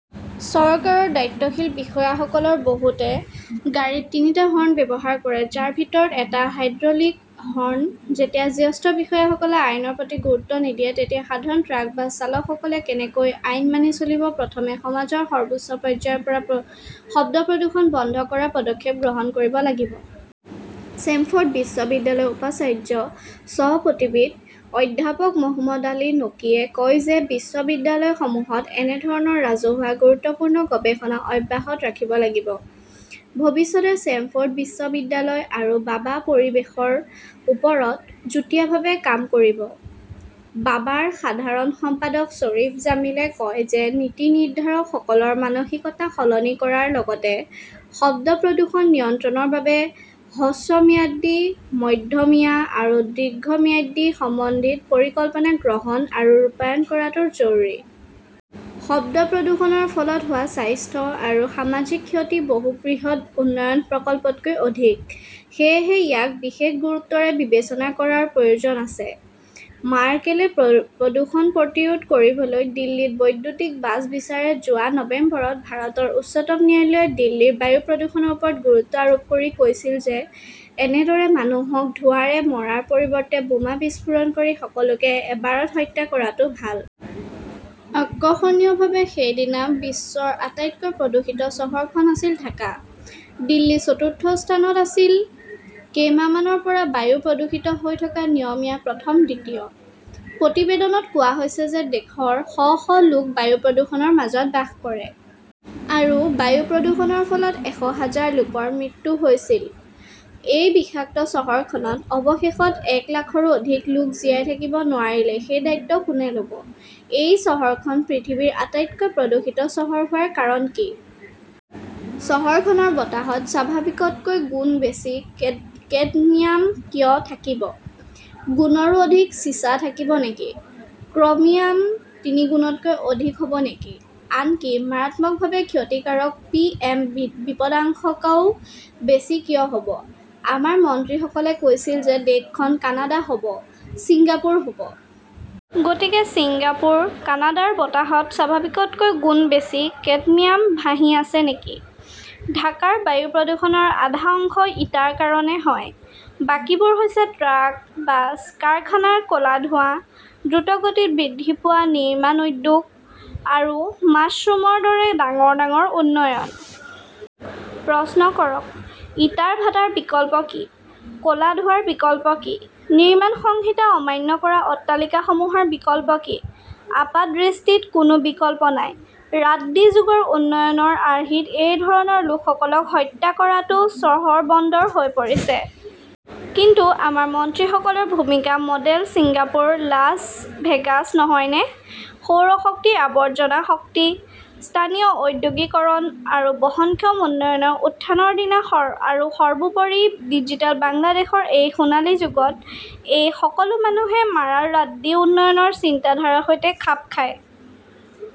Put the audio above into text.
চৰকাৰৰ দায়িত্বশীল বিষয়াসকলৰ বহুতে গাড়ীত তিনিটা হৰ্ণ ব্যৱহাৰ কৰে, যাৰ ভিতৰত এটা হাইড্ৰলিক হৰ্ণ। যেতিয়া জ্যেষ্ঠ বিষয়াসকলে আইনৰ প্ৰতি গুৰুত্ব নিদিয়ে, তেতিয়া সাধাৰণ ট্ৰাক-বাছ চালকসকলে কেনেকৈ আইন মানি চলিব? প্ৰথমে সমাজৰ সৰ্বোচ্চ পৰ্যায়ৰ পৰা শব্দ প্ৰদূষণ বন্ধ কৰাৰ পদক্ষেপ গ্ৰহণ কৰিব লাগিব। ষ্টেমফৰ্ড বিশ্ববিদ্যালয়ৰ উপাচাৰ্য স্থপতিবিদ অধ্যাপক মহম্মদ আলী নকিয়ে কয় যে বিশ্ববিদ্যালয়সমূহত এনে ধৰণৰ ৰাজহুৱা গুৰুত্বপূৰ্ণ গৱেষণা অব্যাহত ৰাখিব লাগিব। ভৱিষ্যতে ষ্টেমফৰ্ড বিশ্ববিদ্যালয় আৰু বাবা পৰিৱেশৰ ওপৰত যুটীয়াভাৱে কাম কৰিব। বাবাৰ সাধাৰণ সম্পাদক শ্বৰীফ জামিলে কয় যে নীতি নিৰ্ধাৰকসকলৰ মানসিকতা সলনি কৰাৰ লগতে শব্দ প্ৰদূষণ নিয়ন্ত্ৰণৰ বাবে হ্ৰস্বম্যাদী, মধ্যমীয়া আৰু দীৰ্ঘম্যাদী সমন্বিত পৰিকল্পনা গ্ৰহণ আৰু ৰূপায়ণ কৰাটো জৰুৰী। শব্দ প্ৰদূষণৰ ফলত হোৱা স্বাস্থ্য আৰু সামাজিক ক্ষতি বহু বৃহৎ উন্নয়ন প্ৰকল্পতকৈ অধিক। সেয়েহে ইয়াক বিশেষ গুৰুত্বৰে বিবেচনা কৰাৰ প্ৰয়োজন আছে। মাৰ্কেলে প্ৰদূষণ প্ৰতিৰোধ কৰিবলৈ দিল্লীত বৈদ্যুতিক বাছ বিচাৰে যোৱা নৱেম্বৰত ভাৰতৰ উচ্চতম ন্যায়ালয়ে দিল্লীৰ বায়ু প্ৰদূষণৰ ওপৰত গুৰুত্ব আৰোপ কৰি কৈছিল যে এনেদৰে মানুহক ধোঁৱাৰে মৰাৰ পৰিৱৰ্তে বোমা বিস্ফোৰণ কৰি সকলোকে এবাৰত হত্যা কৰাটো ভাল। আকৰ্ষণীয়ভাৱে, সেইদিনা বিশ্বৰ আটাইতকৈ প্ৰদূষিত চহৰখন আছিল ঢাকা। দিল্লী চতুৰ্থ স্থানত আছিল। কেইমাহমানৰ পৰা বায়ু প্ৰদূষিত হৈ থকা নিয়মীয়া প্ৰথম-দ্বিতীয় । প্ৰতিবেদনত কোৱা হৈছে যে দেশৰ শ -শ লোক বায়ু প্ৰদূষণৰ মাজত বাস কৰে। আৰু বায়ু প্ৰদূষণৰ ফলত এশ হাজাৰ লোকৰ মৃত্যু হৈছিল। এই বিষাক্ত চহৰখনত অৱশেষত এক লাখৰো অধিক লোক জীয়াই থাকিব নোৱাৰিলে সেই দায়িত্ব কোনে ল'ব? এই চহৰখন পৃথিৱীৰ আটাইতকৈ প্ৰদূষিত চহৰ হোৱাৰ কাৰণ কি? চহৰখনৰ বতাহত স্বাভাৱিকতকৈ গুণ বেছি কেডমিয়াম কিয় থাকিব? দুগুণৰো অধিক চিছা থাকিব নেকি? ক্ৰমিয়াম তিনিগুণতকৈ অধিক হ'ব নেকি? আনকি মাৰাত্মকভাৱে ক্ষতিকাৰক 'পিএম বিপদাশংকাও বেছি কিয় হ'ব? আমাৰ মন্ত্ৰীসকলে কৈছিল যে দেশখন কানাডা হ 'ব, ছিংগাপুৰ গতিকে ছিংগাপুৰ, কানাডাৰ বতাহত স্বাভাৱিকতকৈ গুণ বেছি কেডমিয়াম ভাহি আছে নেকি? ঢাকাৰ বায়ু প্ৰদূষণৰ আধা অংশ ইটাৰ কাৰণে হয়। বাকীবোৰ হৈছে ট্ৰাক, বাছ, কাৰখানাৰ ক'লা ধোঁৱা, দ্ৰুতগতিত বৃদ্ধি পোৱা নিৰ্মাণ উদ্যোগ, আৰু মাশৰুমৰ দৰে ডাঙৰ ডাঙৰ উন্নয়ন। প্ৰশ্ন কৰক, ইটাৰ ভাটাৰ বিকল্প কি? ক'লা ধোঁৱাৰ বিকল্প কি? নিৰ্মাণ সংহিতা অমান্য কৰা অট্টালিকাসমূহৰ বিকল্প কি? আপাতদৃষ্টিত কোনো বিকল্প নাই। ৰাড্ডী যুগৰ উন্নয়নৰ আৰ্হিত এই ধৰণৰ লোকসকলক হত্যা কৰাটো চহৰ-বন্দৰ হৈ পৰিছে। কিন্তু আমাৰ মন্ত্ৰীসকলৰ ভূমিকা মডেল ছিংগাপুৰ, লাছ ভেগাছ নহয়নে? সৌৰ শক্তি, আৱৰ্জনা শক্তি, স্থানীয় ঔদ্যোগিকৰণ আৰু বহনক্ষম উন্নয়নৰ উত্থানৰ দিনা আৰু সৰ্বোপৰি 'ডিজিটেল' বাংলাদেশৰ এই 'সোণালী যুগত' এই সকলো মানুহে মাৰা ৰাড্ডী উন্নয়নৰ চিন্তাধাৰাৰ সৈতে খাপ খায়?